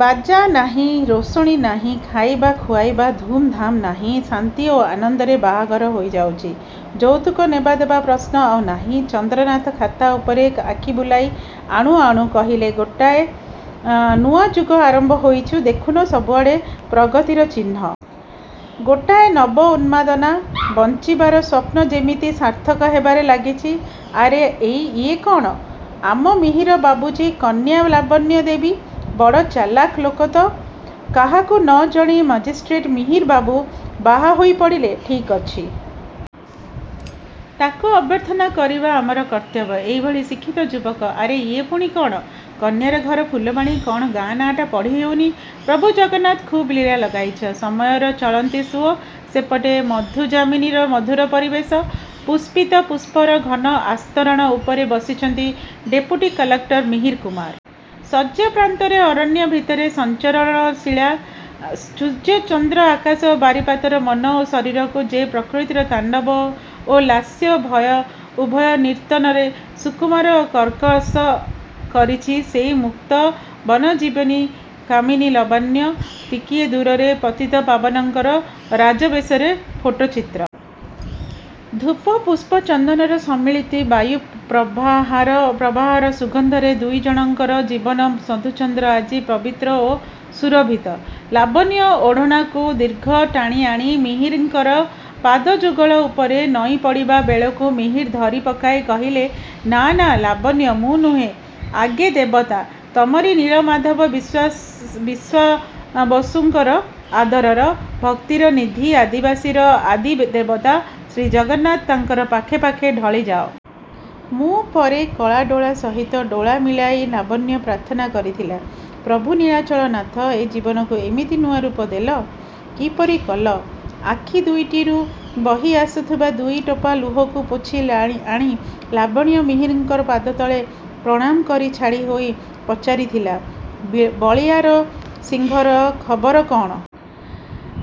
ବାଜା ନାହିଁ, ରୋଷଣୀ ନାହିଁ, ଖାଇବା ଖୁଆଇବା ଧୁମ୍ ଧାମ୍ ନାହିଁ, ଶାନ୍ତି ଓ ଆନନ୍ଦରେ ବାହାଘର ହୋଇଯାଉଛି। ଯୌତୁକ ନେବା ଦେବା ପ୍ରଶ୍ନ ଆଉ ନାହିଁ। ଚନ୍ଦ୍ରନାଥ ଖାତା ଉପରେ ଆଖି ବୁଲାଇ ଆଣୁ ଆଣୁ କହିଲେ-ଗୋଟାଏ ନୂଆ ଯୁଗ ଆରମ୍ଭ ହୋଇଛି। ଦେଖୁନ, ସବୁଆଡ଼େ ପ୍ରଗତିର ଚିହ୍ନ... ଗୋଟାଏ ନବ ଉନ୍ମାଦନା। ବଞ୍ଚିବାର ସ୍ଵପ୍ନ ଯିମିତି ସାର୍ଥକ ହେବାରେ ଲାଗିଛି... ଆରେ ଇଏ କଅଣ? ଆମ ମିହିର ବାବୁ ଯେ... କନ୍ୟା ଲାବଣ୍ୟ ଦେବୀ... ବଡ଼ ଚାଲାଖ୍ ଲୋକ ତ। କାହାକୁ ନ ଜଣେଇ ମାଜିଷ୍ଟ୍ରେଟ୍ ମିହିରବାବୁ ବାହା ହୋଇ ପଡ଼ିଲେ? ଠିକ୍ ଅଛି। ତାଙ୍କୁ ଅଭ୍ୟର୍ଥନା କରିବା ଆମର କର୍ତ୍ତବ୍ୟ। ଏହିଭଳି ଶିକ୍ଷିତ ଯୁବକ... ଆରେ ଇଏ ପୁଣି କଅଣ? କନ୍ୟାର ଘର ଫୁଲବାଣୀ, କଅଣ ଗାଁ ନାଁଟା ପଢ଼ିହେଉନାହିଁ। ପ୍ରଭୁ ଜଗନ୍ନାଥ! ଖୁବ୍ ଲୀଳା ଲଗାଇଛ!! ସମୟର ଚଳନ୍ତି ସୁଅ। ସେପଟେ ମଧୁଯାମିନୀର ମଧୁର ପରିବେଶ। ପୁଷ୍ପିତ ପୁଷ୍ପର ଘନ ଆସ୍ତରଣ ଉପରେ ବସିଛନ୍ତି ଡେପୁଟି କଲେକ୍ଟର ମିହିରକୁମାର। ଶଯ୍ୟାପ୍ରାନ୍ତରେ ଅରଣ୍ୟ ଭିତରେ ସଞ୍ଚରଣଶୀଳା ସୂର୍ଯ୍ୟ, ଚନ୍ଦ୍ର, ଆକାଶ ଓ ବାରିପାତରେ ମନ ଓ ଶରୀରକୁ ଯେ ପ୍ରକୃତିର ତାଣ୍ଡବ ଓ ଲାସ୍ୟ ଉଭୟ ନର୍ତ୍ତନରେ ସୁକୁମାର ଓ କର୍କଶ କରିଛି ସେଇ ମୁକ୍ତ ବନଜୀବିନୀ କାମିନୀ ଲାବଣ୍ୟ। ଟିକିଏ ଦୂରରେ ପତିତପାବନଙ୍କର ରାଜବେଶର ଫଟୋଚିତ୍ର। ଧୂପ, ପୁଷ୍ପ, ଚନ୍ଦନର ସମ୍ମିଳିତ ବାୟୁପ୍ରବାହର ସୁଗନ୍ଧରେ ଦୁଇଜଣଙ୍କର ଜୀବନ ମଧୁଚନ୍ଦ୍ର ଆଜି ପବିତ୍ର ଓ ସୁରଭିତ। ଲାବଣ୍ୟ ଓଢ଼ଣାକୁ ଦୀର୍ଘ ଟାଣିଆଣି ମିହିରଙ୍କର ପାଦଯୁଗଳ ଉପରେ ନଇଁପଡ଼ିବା ବେଳକୁ ମିହିର ଧରି ପକାଇ କହିଲେ-ନାଁ, ନାଁ ଲାବଣ୍ୟ, ମୁଁ ନୁହେଁ, ଆଗେ ଦେବତା। ତମରି ନୀଳମାଧବ, ବିଶ୍ଵାବସୁଙ୍କର ଆଦରର, ଭକ୍ତିର ନିଧି, ଆଦିବାସୀର ଆଦିଦେବତା ଶ୍ରୀଜଗନ୍ନାଥ, ତାଙ୍କର ପାଖେ ଆଗ ଢଳିଯାଅ। ମୁଁ ପରେ। କଳାଡ଼ୋଳା ସହିତ ଡୋଳା ମିଳାଇ ଲାବଣ୍ୟ ପ୍ରାର୍ଥନା କରିଥିଲା-ପ୍ରଭୁ ନୀଳାଚଳ ନାଥ, ଏ ଜୀବନକୁ ଏମିତି ନୂଆରୂପ ଦେଲ? କିପରି କଲ? ଆଖି ଦୁଇଟିରୁ ବହି ଆସିଥିବା ଦୁଇ ଟୋପା ଲୁହକୁ ପୋଛି ଆଣି ଲାବଣ୍ୟ ମିହିରଙ୍କ ପାଦତଳେ ପ୍ରଣାମକରି ଛିଡ଼ାହୋଇ ପଚାରିଥିଲା- ବଳିୟାର ସିଂହଙ୍କର ଖବର କଅଣ?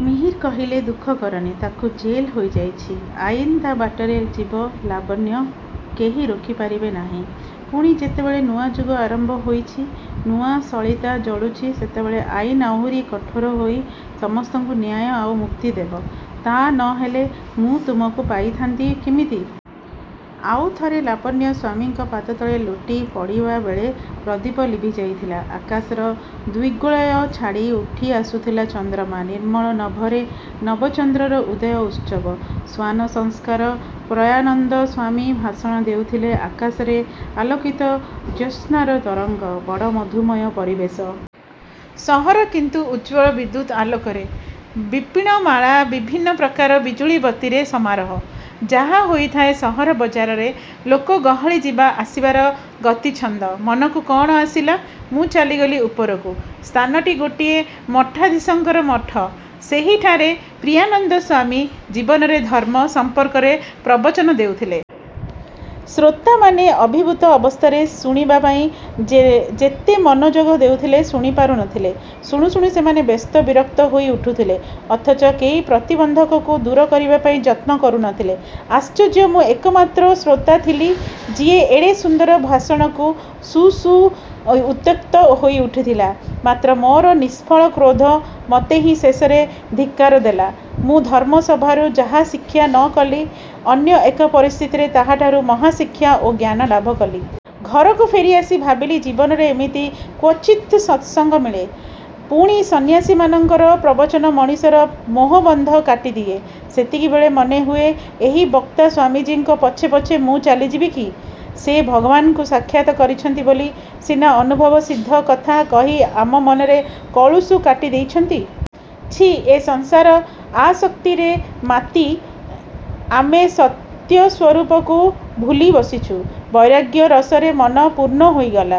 ମିହିର କହିଲେ-ଦୁଃଖ କରନି, ତାଙ୍କୁ ଜେଲ୍ ହୋଇଯାଇଛି। ଆଇନ୍ ତା ବାଟରେ ଯିବ ଲାବଣ୍ୟ, କେହି ରୋକି ପାରିବେନାହିଁ। ପୁଣି ଯେତେବେଳେ ନୂଆଯୁଗ ଆରମ୍ଭ ହୋଇଛି, ନୂଆ ସଳିତା ଜଳୁଛି, ସେତେବେଳେ ଆଇନ୍ ଆହୁରି କଠୋର ହୋଇ ସମସ୍ତଙ୍କୁ ନ୍ୟାୟ ଆଉ ମୁକ୍ତି ଦେବ-। ତା ନ ହେଲେ ମୁଁ ତମକୁ ପାଇଥାନ୍ତି କିମିତି? ଆଉ ଥରେ ଲାବଣ୍ୟ ସ୍ଵାମୀଙ୍କ ପାଦତଳେ ଲୋଟି ପଡ଼ିବାବେଳେ ପ୍ରଦୀପ ଲିଭିଯାଇଥିଲା। ଆକାଶର ଦିଗ୍ବଳୟ ଛାଡ଼ି ଉଠିଆସୁଥିଲେ ଚନ୍ଦ୍ରମା। ନିର୍ମଳ ନଭରେ ନବ ଚନ୍ଦ୍ରର ଉଦୟ ଉତ୍ସବ। ଶ୍ଵାନ ସଂସ୍କାର ପ୍ରିୟାନନ୍ଦ ସ୍ଵାମୀ ଭାଷଣ ଦେଉଥିଲେ। ଆକାଶରେ ଆଲୋକିତ ଜ୍ୟୋସ୍ନାର ତରଙ୍ଗ। ବଡ଼ ମଧୁମୟ ପରିବେଶ। ସହର କିନ୍ତୁ ଉଜ୍ଜ୍ଵଳ ବିଦ୍ୟୁତ୍ ଆଲୋକରେ। ବିପଣିମାଳାରେ ବିଭିନ୍ନ ପ୍ରକାର ବିଜୁଳିବତୀର ସମାରୋହ। ଯାହା ହୋଇଥାଏ ସହର ବଜାରରେ। ଲୋକ ଗହଳି ଯିବା ଆସିବାର ଗତିଛନ୍ଦ। ମନକୁ କଅଣ ଆସିଲା, ମୁଁ ଚାଲିଗଲି ଉପରକୁ। ସ୍ଥାନଟି ଗୋଟିଏ ମଠାଧୀଶଙ୍କର ମଠ-। ସେହିଠାରେ ପ୍ରିୟାନନ୍ଦ ସ୍ଵାମୀ 'ଜୀବନରେ ଧର୍ମ' ସମ୍ପର୍କରେ ପ୍ରବଚନ ଦେଉଥିଲେ। ଶ୍ରୋତାମାନେ ଅଭିଭୂତ ଅବସ୍ଥାରେ ଶୁଣିବାପାଇଁ ଯେତେ ମନୋଯୋଗ ଦେଉଥିଲେ, ଶୁଣିପାରୁ ନଥିଲେ। ଶୁଣୁ ଶୁଣୁ ସେମାନେ ବ୍ୟସ୍ତ ବିରକ୍ତ ହୋଇ ଉଠୁଥିଲେ। ଅଥଚ କେହି ପ୍ରତିବନ୍ଧକକୁ ଦୂର କରିବାପାଇଁ ଯତ୍ନ କରୁନଥିଲେ। ଆଶ୍ଚର୍ଯ୍ୟ... ମୁଁ ଏକମାତ୍ର ଶ୍ରୋତା ଥିଲି, ଯିଏ ଏଡ଼େ ସୁନ୍ଦର ଭାଷଣକୁ ଶୁଣୁ ଶୁଣୁ ଉତ୍ତ୍ୟକ୍ତ ହୋଇଉଠିଥିଲା; ମାତ୍ର ମୋର ନିଷ୍ଫଳ କ୍ରୋଧ ମତେ ହିଁ ଶେଷରେ ଧିକ୍କାର ଦେଲା, ମୁଁ ଧର୍ମସଭାରୁ ଯାହା ଶିକ୍ଷା ନ କଲି, ଅନ୍ୟ ଏକ ପରିସ୍ଥିତିରେ ତାହାଠାରୁ ମହାଶିକ୍ଷା ଓ ଜ୍ଞାନ ଲାଭକଲି। ଘରକୁ ଫେରିଆସି ଭାବିଲି, ଜୀବନରେ ଏମିତି କ୍ଵଚିତ୍ ସତ୍ସଙ୍ଗ ମିଳେ। ପୁଣି ସନ୍ନ୍ୟାସୀମାନଙ୍କର ପ୍ରବଚନ ମଣିଷର ମୋହବନ୍ଧ କାଟିଦିଏ, ସେତିକିବେଳେ ମନେହୁଏ ଏହି ବକ୍ତା ସ୍ଵାମୀଜୀଙ୍କ ପଛେ ପଛେ ମୁଁ ଚାଲିଯିବି କି? ସେ ଭଗବାନଙ୍କୁ ସାକ୍ଷାତ୍ କରିଛନ୍ତି ବୋଲି ସିନା ଅନୁଭବସିଦ୍ଧ କଥା କହି ଆମ ମନର କଳୁଷ କାଟିଦେଇଛନ୍ତି। ଛିଃ ଏ ସଂସାର ଆସକ୍ତିରେ ମାତି ଆମେ ସତ୍ୟସ୍ୱରୂପକୁ ଭୁଲିବସିଛୁ। ବୈରାଗ୍ୟ ରସରେ ମନ ପୂର୍ଣ୍ଣ ହୋଇଗଲା।